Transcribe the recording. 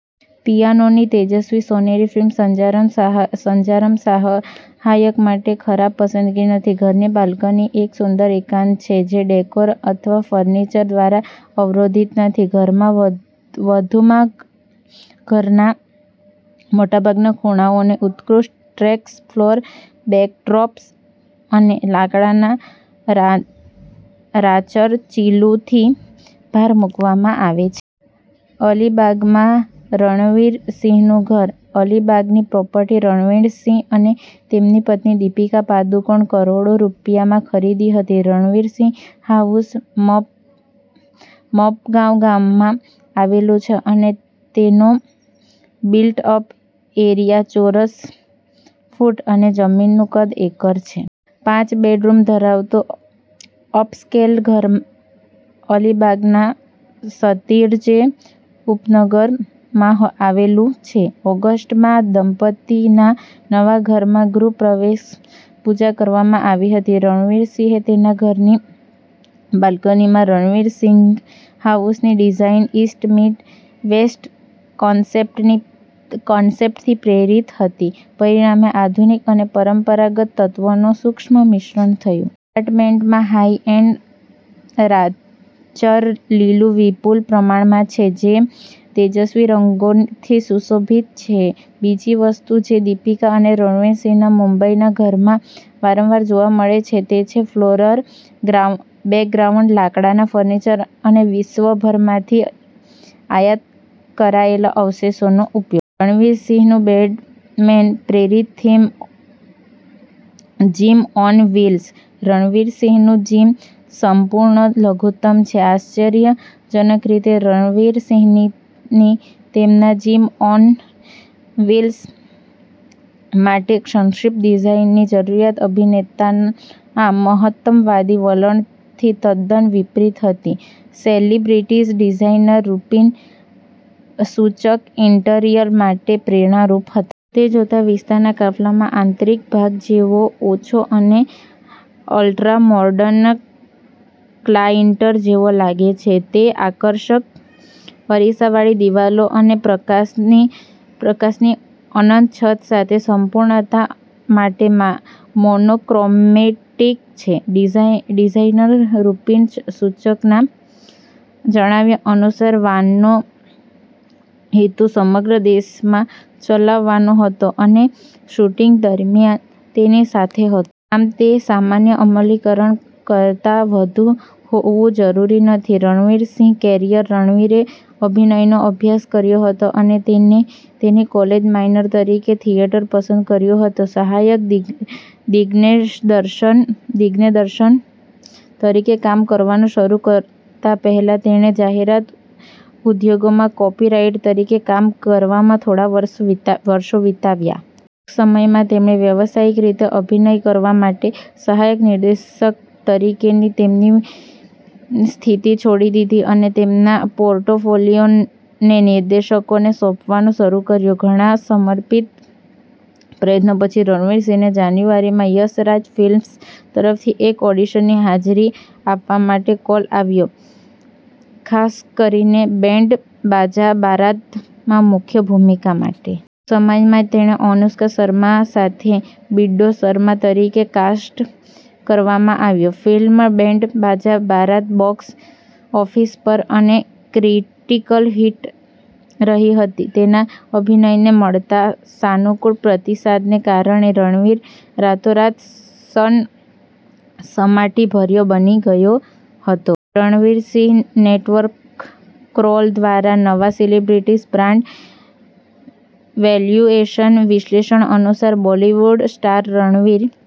પિયાનોની તેજસ્વી સોનેરી ફ્રેમ સરંજામ સહાયક માટે ખરાબ પસંદગી નથી. ઘરની બાલ્કની એક સુંદર એકાંત છે, જે ડેકોર અથવા ફર્નિચર દ્વારા અવરોધિત નથી. વધુમાં, ઘરના મોટાભાગના ખૂણાઓને ઉત્કૃષ્ટ ડ્રેપ્સ, ફ્લોરલ બેકડ્રોપ્સ અને લાકડાના રાચરચીલુંથી ભાર મૂકવામાં આવે છે. અલીબાગમાં રણવીર સિંહનું ઘર. અલીબાગની પ્રોપર્ટી રણવીર સિંહ અને તેની પત્ની દીપિકા પાદુકોણે કરોડ રૂપિયામાં ખરીદી હતી. રણવીર સિંઘ હાઉસ મપગાંવ ગામમાં આવેલું છે અને તેનો બિલ્ટ-અપ એરિયા ચોરસ ફૂટ અને જમીનનું કદ એકર છે. પાંચ બેડરૂમ ધરાવતું અપસ્કેલ ઘર અલીબાગના સતીર્જે ઉપનગરમાં આવેલું છે. ઓગસ્ટ માં દંપતીના નવા ઘરમાં ગૃહ પ્રવેશ પૂજા કરવામાં આવી હતી. રણવીર સિંહ તેના ઘરની બાલ્કનીમાં. રણવીર સિંઘ હાઉસની ડિઝાઈન ઈસ્ટ મીટ વેસ્ટના કન્સેપ્ટથી પ્રેરિત હતી, પરિણામે આધુનિક અને પરંપરાગત તત્વોનું સૂક્ષ્મ મિશ્રણ થયું. અપાર્ટમેન્ટમાં હાઇ-એન્ડ રાચરચીલું વિપુલ પ્રમાણમાં છે, જે તેજસ્વી રંગોથી પણ સુશોભિત છે. બીજી વસ્તુ જે દીપિકા અને રણવીર સિંહના મુંબઈના ઘરમાં વારંવાર જોવા મળે છે તે છે ફ્લોરલ બેકગ્રાઉન્ડ, લાકડાના ફર્નિચર અને વિશ્વભરમાંથી આયાત કરાયેલા અવશેષોનો ઉપયોગ. રણવીર સિંહનું બેટમેન-પ્રેરિત જીમ ઓન વ્હીલ્સ. રણવીર સિંહનું જીમ સંપૂર્ણ લઘુત્તમ છે. આશ્ચર્યજનક રીતે, રણવીર સિંહની તેના જીમ ઓન વ્હીલ્સ માટે સંક્ષિપ્ત ડિઝાઇનની જરૂરિયાત અભિનેતાના મહત્તમવાદી વલણથી તદ્દન વિપરીત હતી. Celebrity designer Rupin Suchak interior માટે પ્રેરણારૂપ હતા. તે જોતાં, વિસ્તાર કાફલાના આંતરિક ભાગ જેવો ઓછો અને અલ્ટ્રામોડર્ન ક્લાઇસ્ટર જેવો લાગે છે. તે આકર્ષક અરીસાવાળી દિવાલો અને પ્રકાશની અનંત છત સાથે સંપૂર્ણતા માટે મોનોક્રોમેટિક છે. ડિઝાઇનર રુપિન સુચકના જણાવ્યા અનુસાર, વાનનો હેતુ સમગ્ર દેશમાં ચલાવવાનો હતો અને શૂટિંગ દરમિયાન તેની સાથે હતો. આમ, તે સામાન્ય અમલીકરણ કરતાં વધુ હોવું જરૂરી હતું. રણવીર સિંહ કરિયર. રણવીરે અભિનયનો અભ્યાસ કર્યો હતો અને તેની કોલેજ માઇનર તરીકે થિયેટર પસંદ કર્યું હતું. સહાયક દિગ્દર્શક તરીકે કામ કરવાનું શરૂ કરતા પહેલા, તેણે જાહેરાત ઉદ્યોગમાં કોપીરાઈટર તરીકે કામ કરવામાં થોડા વર્ષો વિતાવ્યા. ટૂંક સમયમાં જ, તેમણે વ્યવસાયિક રીતે અભિનય કરવા માટે સહાયક નિર્દેશક તરીકેની તેમની સ્થિતિ છોડી દીધી અને તેમના પોર્ટફોલિયોને નિર્દેશકોને સોંપવાનું શરૂ કર્યું. ઘણા સમર્પિત પ્રયત્નો પછી, રણવીરને જાન્યુઆરી માં યશ રાજ ફિલ્મ્સ તરફથી એક ઓડિશનમાં હાજરી આપવા માટે કોલ આવ્યો, ખાસ કરીને બેન્ડ બાજા બારાતમાં મુખ્ય ભૂમિકા માટે. ટૂંક સમયમાં જ, તેને અનુષ્કા શર્મા સાથે બિટ્ટો શર્મા તરીકે કાસ્ટ કરવામાં આવ્યો. Film band Baaja Baaraat box office પર અને ક્રિટિકલ હિટ રહી હતી. તેના અભિનયને મળતા સાનુકૂળ પ્રતિસાદને કારણે રણવીર રાતોરાત સનસનાટીભર્યો બની ગયો હતો. Ranveer Singh net worth. ક્રોલ દ્વારા નવા સેલિબ્રિટી બ્રાન્ડ વેલ્યુએશન વિશ્લેષણ અનુસાર, બોલિવૂડ સ્ટાર રણવીર